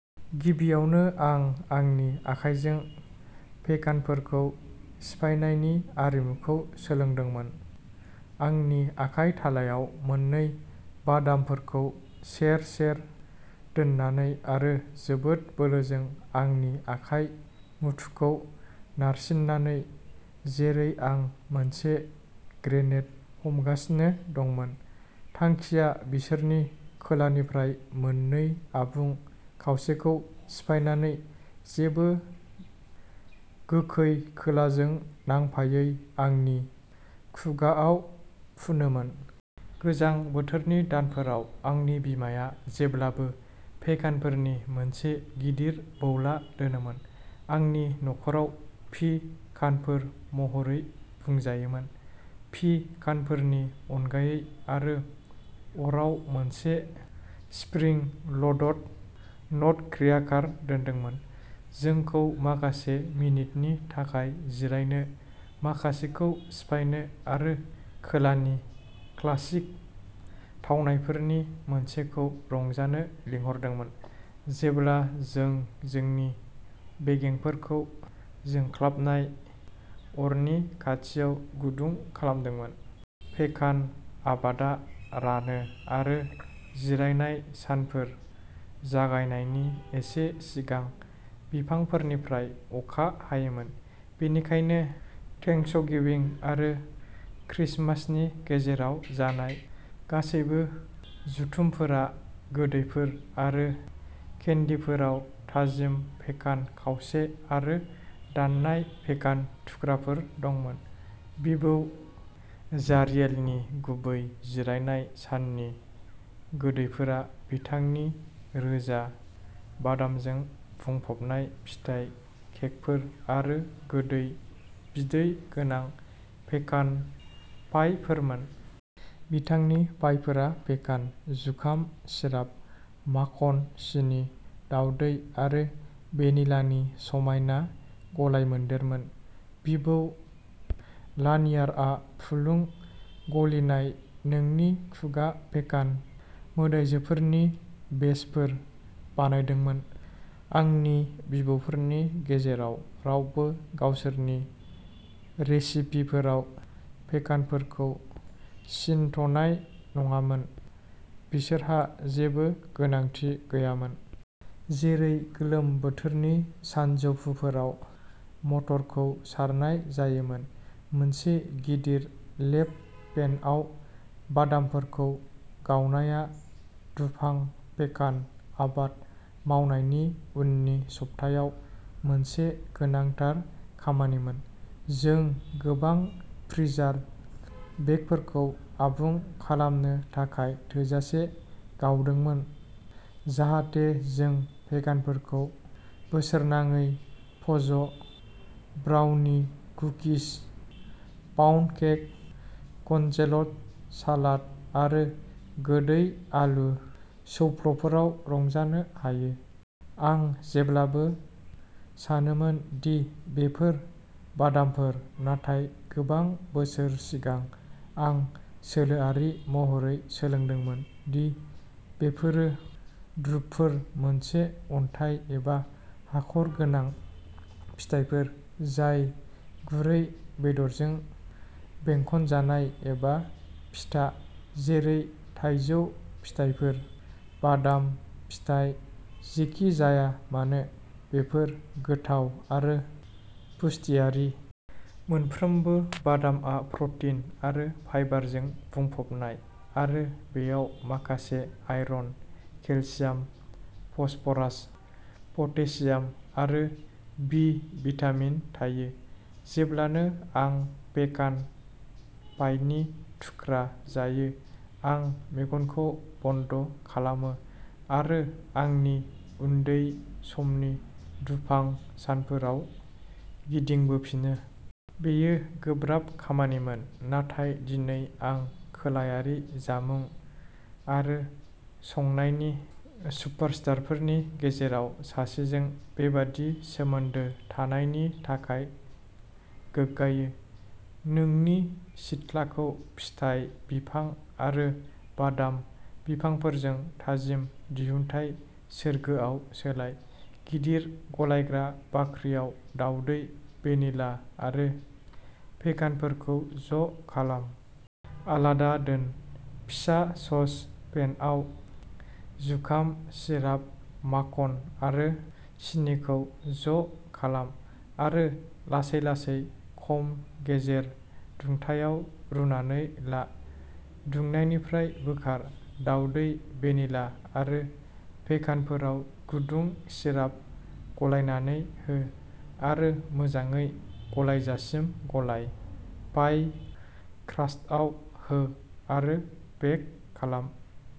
गिबियावनो आं आंनि आखाइजों पेकानफोरखौ सिफायनायनि आरिमुखौ सोलोंदोंमोन, आंनि आखाइ थालायाव मोननै बादामफोरखौ सेर-सेर दोननानै आरो जोबोद बोलोजों आंनि आखाइ मुथुखौ नारसिन्नानै, जेरै आं मोनसे ग्रेनेड हमगासिनो दंमोन। थांखिया बिसोरनि खोलानिफ्राय मोननै आबुं खावसेखौ सिफायनानै जेबो गोखै खोलाजों नांफायै आंनि खुगाआव फुनोमोन। गोजां बोथोरनि दानफोराव, आंनि बिमाया जेब्लाबो पेकानफोरनि मोनसे गिदिर बौला दोनोमोन। आंनि नखराव पि-कानफोर महरै बुंजायोमोन, पि-कानफोरनि अनगायै आरो अराव मोनसे स्प्रिं-ल'डड नटक्र्याकार दोनदोंमोन, जोंखौ माखासे मिनिटनि थाखाय जिरायनो, माखासेखौ सिफायनो आरो खोलानि क्लासिक थावनायफोरनि मोनसेखौ रंजानो लिंहरदोंमोन, जेब्ला जों जोंनि बेगेंफोरखौ जोंख्लाबनाय अरनि खाथियाव गुदुं खालामदोंमोन। पेकान आबादा रानो आरो जिरायनाय सानफोर जागायनायनि एसे सिगां बिफांफोरनिफ्राय अखा हायोमोन, बेनिखायनो थेंक्सगिविं आरो क्रिसमासनि गेजेराव जानाय गासैबो जथुमफोरा गोदैफोर आरो केन्डिफोराव थाजिम पेकान खावसे आरो दाननाय पेकान थुख्राफोर दंमोन। बिबौ जारियेलनि गुबै जिरायनाय साननि गोदैफोरा बिथांनि रोजा, बादामजों बुंफबनाय फिथाइ केकफोर आरो गोदै, बिदै गोनां पेकान पाइफोरमोन। बिथांनि पाइफोरा पेकान, जुखाम सिराप, माखन, सिनि, दावदै आरो भेनिलानि समायना गलायमोनदेरमोन। बिबौ लानियारआ फुलुं, गलिनाय नोंनि खुगा पेकान मोदायजोफोरनि बेचफोर बानायदोंमोन। आंनि बिबौफोरनि गेजेराव रावबो गावसोरनि रेसिपिफोराव पेकानफोरखौ सिनथ'नाय नङामोन बिसोरहा जेबो गोनांथि गैयामोन। जेरै गोलोम बोथोरनि सानजौफुफोराव मटरखौ सारनाय जायोमोन, मोनसे गिदिर लेप पेनआव बादामफोरखौ गावनाया दुफां पेकान आबाद मावनायनि उननि सप्तायाव मोनसे गोनांथार खामानिमोन। जों गोबां फ्रिजार बेगफोरखौ आबुं खालामनो थाखाय थोजासे गावदोंमोन जाहाथे जों पेकानफोरखौ बोसोरनाङै fudge, brownie, cookies, pound cake, congealed salad आरो गोदै आलु सौफ्लफोराव रंजानो हायो। आं जेब्लाबो सानोमोन दि बेफोर बादामफोर, नाथाय गोबां बोसोर सिगां, आं सोलोआरि महरै सोलोंदोंमोन दि बेफोरो द्रुपफोर मोनसे अन्थाइ एबा हाखर गोनां फिथाइफोर जाय गुरै बेदरजों बेंखनजानाय एबा फिथा, जेरै-थाइजौ फिथाफोर। बादाम, फिथाइ, जेखि जाया मानो, बेफोर गोथाव आरो पुष्टियारि। मोनफ्रोमबो बादामआ प्रटिन आरो फाइबारजों बुंफबनाय आरो बेयाव माखासे आयरन, केलसियाम, फस्फरास, पटेसियाम आरो बि भिटामिन थायो। जेब्लानो आं पेकान पाइनि थुख्रा जायो, आं मेगनखौ बन्द' खालामो आरो आंनि उन्दै समनि दुफां सानफोराव गिदिंबोफिनो। बेयो गोब्राब खामानिमोन नाथाय दिनै आं खोलायारि जामुं आरो संनायनि सुपारस्टारफोरनि गेजेराव सासेजों बेबादि सोमोन्दो थानायनि थाखाय गोग्गायो। नोंनि सिथ्लाखौ फिथाइ बिफां आरो बादाम बिफांफोरजों थाजिम दिहुनथाय सोरगोआव सोलाय। गिदिर गलायग्रा बाख्रियाव, दावदै, भेनिला आरो पेकानफोरखौ ज' खालाम। आलादा दोन। फिसा सस पेनआव जुखाम सिराप, माखन आरो सिनिखौ ज'खालाम आरो लासै-लासै खम-गेजेर दुंथायाव रुनानै ला। दुंनायनिफ्राय बोखार। दावदै, भेनिला आरो पेकानफोराव गुदुं सिराप गलायनानै हो, आरो मोजाङै गलायजासिम गलाय। पाइ क्रास्टआव हो आरो बेक खालाम।